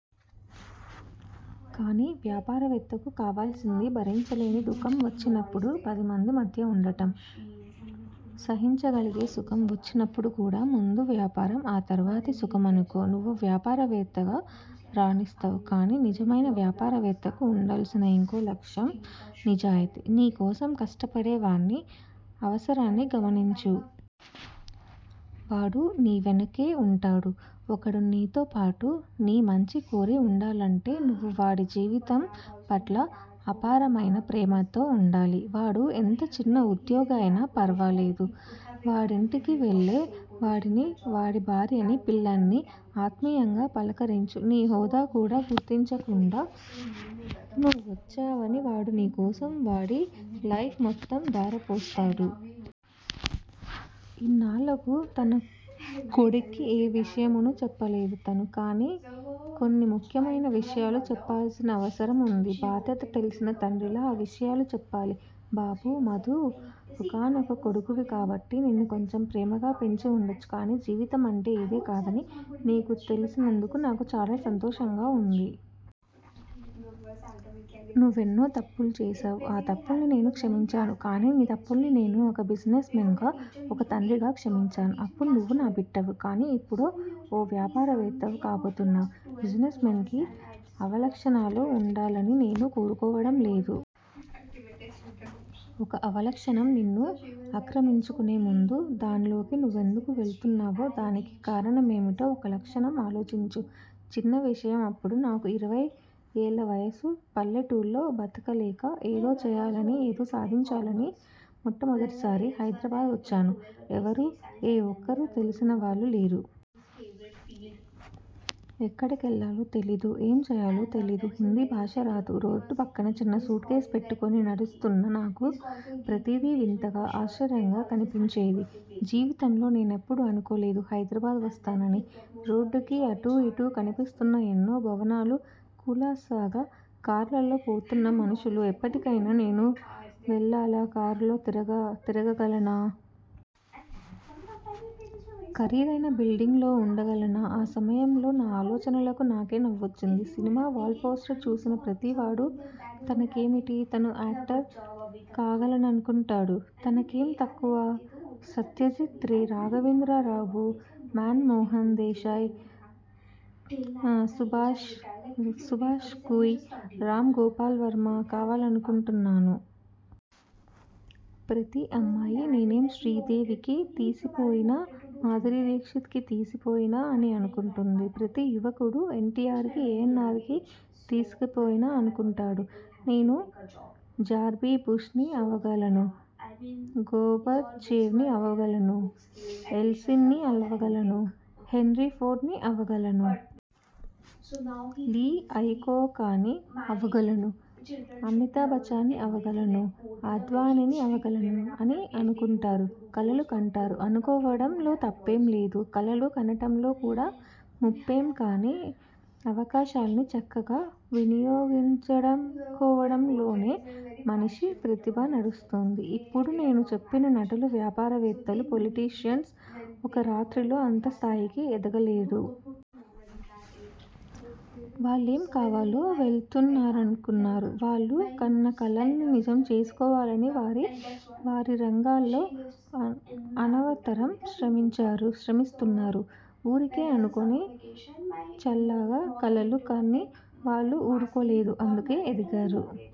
కానీ వ్యాపారవేత్తకు కావలసింది భరించలేని దుఃఖం వచ్చినప్పుడు పదిమంది మధ్య ఉండటం. సహించగలిగే సుఖం వచ్చినప్పుడు కూడా ముందు వ్యాపారం, ఆ తర్వాతే సుఖం అనుకో- నువ్వు వ్యాపారవేత్తగా రాణిస్తావ్- కానీ నిజమైన వ్యాపారవేత్తకు ఉండాల్సిన ఇంకో లక్షణం నిజాయితీ. నీ కోసం కష్టపడేవాడి అవసరాన్ని గమనించు. వాడు నీ వెనకే వుంటాడు. ఒకడు నీతో పాటు, నీ మంచి కోరి వుండాలంటే, నువ్వు వాడి జీవితం పట్ల అపారమైన ప్రేమతో వుండాలి. వాడు ఎంత చిన్న ఉద్యోగి అయినా ఫర్వాలేదు. వాడింటికి వెళ్ళు. వాడిని, వాడి భార్యని, పిల్లల్నీ ఆత్మీయంగా పలకరించు. నీ హోదా కూడా గుర్తించకుండా, నువ్వొచ్చావని వాడు నీకోసం వాడి లైఫ్ మొత్తం ధారపోస్తాడు. ఇన్నాళ్ళకు తన కొడుక్కి ఏ విషయమూ చెప్పలేదు తను. కానీ కొన్ని ముఖ్యమైన విషయాలు చెప్పాల్సిన అవసరం వుంది. బాధ్యత తెల్సిన తండ్రిలా ఆ విషయాలు చెప్పాలి. బాబూ! మధూ ఒక్కగానొక్క కొడుకువి కాబట్టి నిన్ను కొంచెం ప్రేమగా పెంచి వుండొచ్చు కానీ జీవితం అంటే ఇది కాదని నీకు తెల్సినందుకు నాకు చాలా సంతోషంగా వుంది. నువ్వెన్నో తప్పులు చేసావ్. ఆ తప్పుల్ని నేను క్షమించాను. కానీ నీ తప్పుల్ని నేను ఒక బిజినెస్ మెన్ గా, ఒక తండ్రిగా క్షమించాను. అప్పుడు నువ్వు నా బిడ్డవు. కాని ఇప్పుడో- ఒక వ్యాపారవేత్తవు కాబోతున్నావ్. బిజినెస్ మెన్ కి అవలక్షణాలు వుండాలని నేను కోరుకోవడం లేదు. ఒక అవలక్షణం నిన్ను ఆక్రమించుకునే ముందు, దాన్లోకి నువ్వెందుకు వెళుతున్నావో, దానికి కారణాలేమిటో ఒక్కక్షణం ఆలోచించు. చిన్న విషయం అప్పుడు నాకు ఇరవై ఏళ్ళ వయసు. పల్లెటూళ్ళో బతకలేక, ఏదో చెయ్యాలని, ఏదో సాధించాలని మొట్టమొదటిసారి హైద్రాబాద్ వచ్చాను. ఎవరూ, ఏ ఒక్కరూ తెల్సినవాళ్ళు లేరు. ఎక్కడకెళ్ళాలో తెలీదు. ఏం చెయ్యాలో తెలీదు. హిందీ భాష రాదు. రోడ్డు పక్క చిన్న సూట్ కేస్ పట్టుకుని నడుస్తున్న నాకు ప్రతీదీ వింతగా, ఆశ్చర్యంగా కనిపించింది. జీవితంలో నేనెప్పుడూ అనుకోలేదు హైద్రాబాద్ వస్తానని. రోడ్డుకి అటూ ఇటూ కన్పిస్తున్న ఎన్నో భవనాలు, కులాసాగా కార్లలో పోతున్న మనుషులు ఎప్పటికైనా నేను వాళ్ళలా కారులో తిరగగలనా? ఖరీదైన బిల్డింగ్ లో వుండగలనా? ఆ సమయంలో నా ఆలోచనలకు నాకే నవ్వొచ్చింది. సినిమా వాల్ పోస్టర్ చూసిన ప్రతివాడూ తనకేమిటి, తనూ యాక్టర్ కాగలననుకుంటాడు. తనకేం తక్కువ సత్యజిత్ రే, రాఘవేంద్రరావు, మాన్ మోహన్ దేశాయ్, సుభాష్ ఘాయ్, రామ్ గోపాల్ వర్మ కాగలననుకుంటాను. ప్రతి అమ్మాయీ నేనేం శ్రీదేవికి తీసిపోయానా, మాధురీ దీక్షిత్ కి తీసిపోయానా అని అనుకుంటుంది. ప్రతీ యువకుడూ ఎన్టీఆర్ కి, ఏఎన్నార్ కి, తీసిపోయానా అనుకుంటాడు. నేను జార్జిబుష్ ని అవగలను. గోర్భచేవ్ ని అవగలను. ఎల్సిన్ ని అవగలను. హెన్రీ ఫోర్డ్ ని అవగలను. లీ అయికోకాని అవగలను. అమితాబ్ బచ్చన్ని అవగలను. అద్వానీని అవగలను అని అనుకుంటారు. కలలు కంటారు. అనుకోవడంలో తప్పేంలేదు. కలలు కనటంలో కూడా ముప్పేం కాని అవకాశాల్ని చక్కగా వినియోగించుకోవడంలోనే మనిషి ప్రతిభ కన్పిస్తుంది. ఇప్పుడు నేను చెప్పిన నటులు, వ్యాపారవేత్తలు, పొలిటీషియన్స్ ఒక్క రాత్రిలో అంత స్థాయికి ఎదగలేదు. వాళ్ళేం కావాలో వాళ్ళనుకున్నారు- వాళ్ళు కన్న కలల్నీ నిజం చేసుకోవాలని వారి వారిరంగాల్లో అనవరతం శ్రమించారు, శ్రమిస్తున్నారు. ఊరికే అనుకొని- చలాగ్గా కలలు కని వాళ్ళు ఊరుకోలేదు. అందుకే ఎదిగారు.